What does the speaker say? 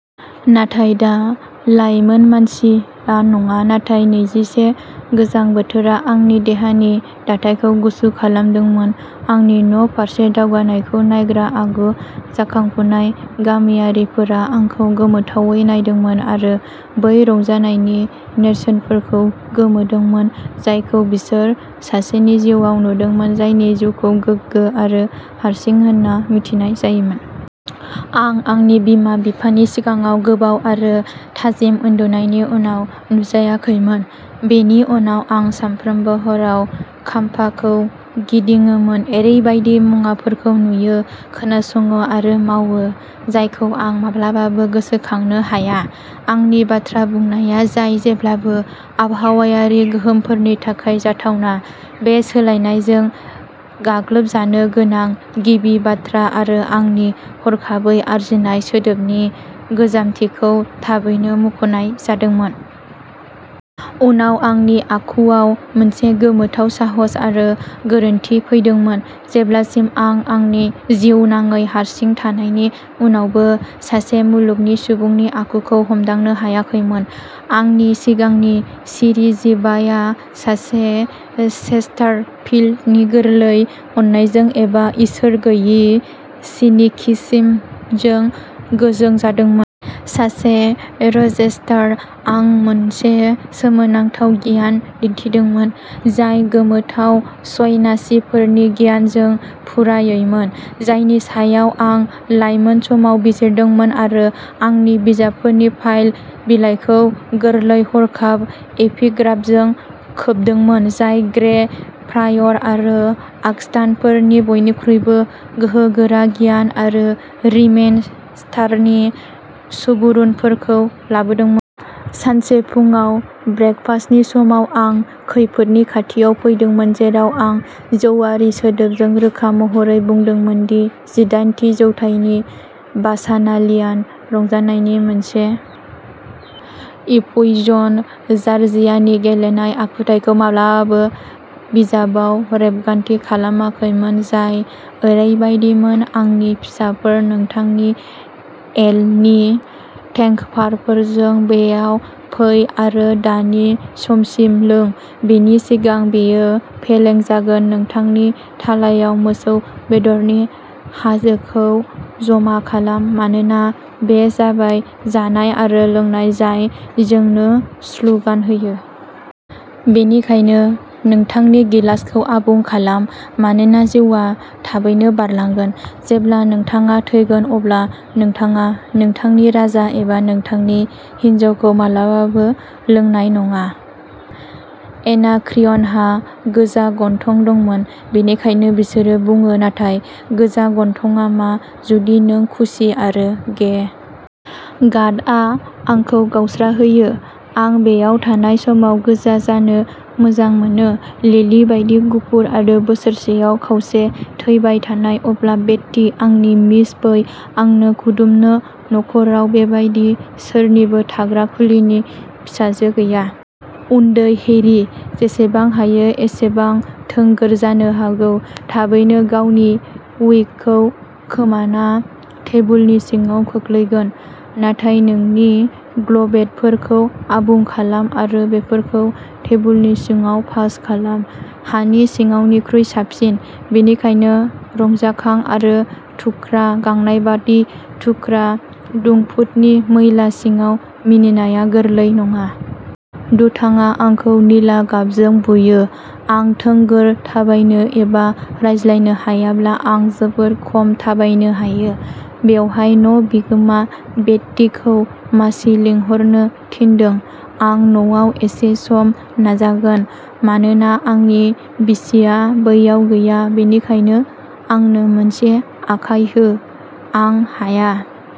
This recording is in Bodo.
नाथाय, दा लाइमोन मानसिया नङा, नाथाय नैजि से गोजां बोथोरा आंनि देहानि दाथायखौ गुसु खालामदोंमोन। आंनि न'फारसे दावगानायखौ नायग्रा आगु जाखांफुनाय गामियारिफोरा आंखौ गोमोथावै नायदोंमोन आरो बै रंजानायनि नेरसोनफोरखौ गोमोदोंमोन, जायखौ बिसोर सासेनि जिउआव नुदोंमोन, जायनि जिउखौ गोगो आरो हारसिं होनना मिथिनाय जायोमोन। आं आंनि बिमा बिफानि सिगाङाव गोबाव आरो थाजिम उन्दुनायनि उनाव नुजायाखैमोन। बेनि उनाव आं सानफ्रोमबो हराव खाम्फाखौ गिदिङोमोन ओरैबायदि मुवाफोरखौ नुयो, खोनासङो आरो मावो जायखौ आं माब्लाबाबो गोसोखांनो हाया। आंनि बाथ्रा बुंनाया, जाय जेब्लाबो आबहावायारि गोहोमफोरनि थाखाय जाथावना, बे सोलायनायजों गाग्लोबजानो गोनां गिबि बाथ्रा आरो आंनि हरखाबै आरजिनाय सोदोबनि गोजामथिखौ थाबैनो मुंख'नाय जादोंमोन। उनाव आंनि आखुवाव मोनसे गोमोथाव साहस आरो गोरोनथि फैदोंमोन, जेब्लासिम आं आंनि जिउनाङै हारसिं थानायनि उनावबो सासे मुलुगनि सुबुंनि आखुखौ हमदांनो हायाखैमोन। आंनि सिगांनि सिरि जिभाया सासे चेस्टारफील्डनि गोरलै अननायजों एबा इसोर गैयि सिनिकिसिजमजों गोजों जादोंमोन। सासे रचेस्टार। आं मोनसे सोमोनांथाव गियान दिन्थिदोंमोन, जाय गोमोथाव, सन्यासिफोरनि गियानजों फुरायैमोन, जायनि सायाव आं लायमोन समाव बिजिरदोंमोन आरो आंनि बिजाबफोरनि फ्लाइ बिलाइखौ गोरलै हरखाब एपिग्रामजों खोबदोंमोन, जाय गे, प्रायर आरो आगस्तानफोरनि बयनिख्रुइबो गोहोगोरा गियान आरो रिमेस्टारनि सुबुरुनफोरखौ लाबोदोंमोन। सानसे फुंआव ब्रेकफास्टनि समाव आं खैफोदनि खाथियाव फैदोंमोन, जेराव आं जौआरि सोदोबजों रोखा महरै बुंदोंमोन दि जिदाइनथि जौथाइनि बाचानालियान रंजानायनि मोनसे इफ्यूजन, जार्जियानि गेलेनाय आखुथाइखौ माब्लाबाबो बिजाबाव रेबगान्थि खालामाखैमोन, जाय ओरैबायदिमोन, आंनि फिसाफोर, नोंथांनि एलनि टेंकार्डफोरजों बेयाव फै आरो दानि समसिम लों, बेनि सिगां बेयो फेलें जागोन नोंथांनि थालायाव मोसौ बेदरनि हाजोखौ जमा खालाम, मानोना बे जाबाय जानाय आरो लोंनाय जाय जोंनो स्लुगान होयो। बेनिखायनो नोंथांनि गिलासखौ आबुं खालाम, मानोना जिउआ थाबैनो बारलांगोन, जेब्ला नोंथाङा थैगोन, अब्ला नोंथाङा नोंथांनि राजा एबा नोंथांनि हिन्जावखौ माब्लाबाबो लोंनाय नङा। एनाक्रियनहा गोजा गन्थं दंमोन, बेनिखायनो बिसोरो बुङो नाथाय गोजा गन्थंआ मा, जुदि नों खुसि आरो गे? गादआ आंखौ गावस्राहोयो। आं बेयाव थानाय समाव गोजा जानो मोजां मोनो, लिलि बायदि गुफुर आरो बोसोरसेआव खावसे थैबाय थानाय। अब्ला बेट्टी, आंनि मिस, फै आंनो खुदुमहो नरकआव बेबायदि सोरनिबो थाग्रा खुलिनि फिसाजो गैया। उन्दै हेरी, जेसेबां हायो एसेबां थोंगोर जानो हागौ, थाबैनो गावनि विगखौ खोमाना टेबुलनि सिङाव गोग्लैगोन, नाथाय नोंनि गब्लेटफोरखौ आबुं खालाम आरो बेफोरखौ टेबुलनि सिङाव पास खालाम, हानि सिङावनिख्रुइ साबसिन। बेनिखायनो रंजाखां आरो थुख्रा, गांनायबादि थुख्रा द'फुटनि मैला सिङाव मिनिनाया गोरलै नङा। दुथांआ आंखौ निला गाबजों बुयो! आं थोंगोर थाबायनो एबा रायज्लायनो हायाब्ला आं जोबोद खम थाबायनो हायो! बेवहाय, न' बिगोमा, बेट्टीखौ मासि लिंहरनो थिनदों आं न'आव एसे सम नाजागोन, मानोना आंनि बिसिया बैयाव गैया। बेनिखायनो आंनो मोनसे आखाय हो, आं हाया।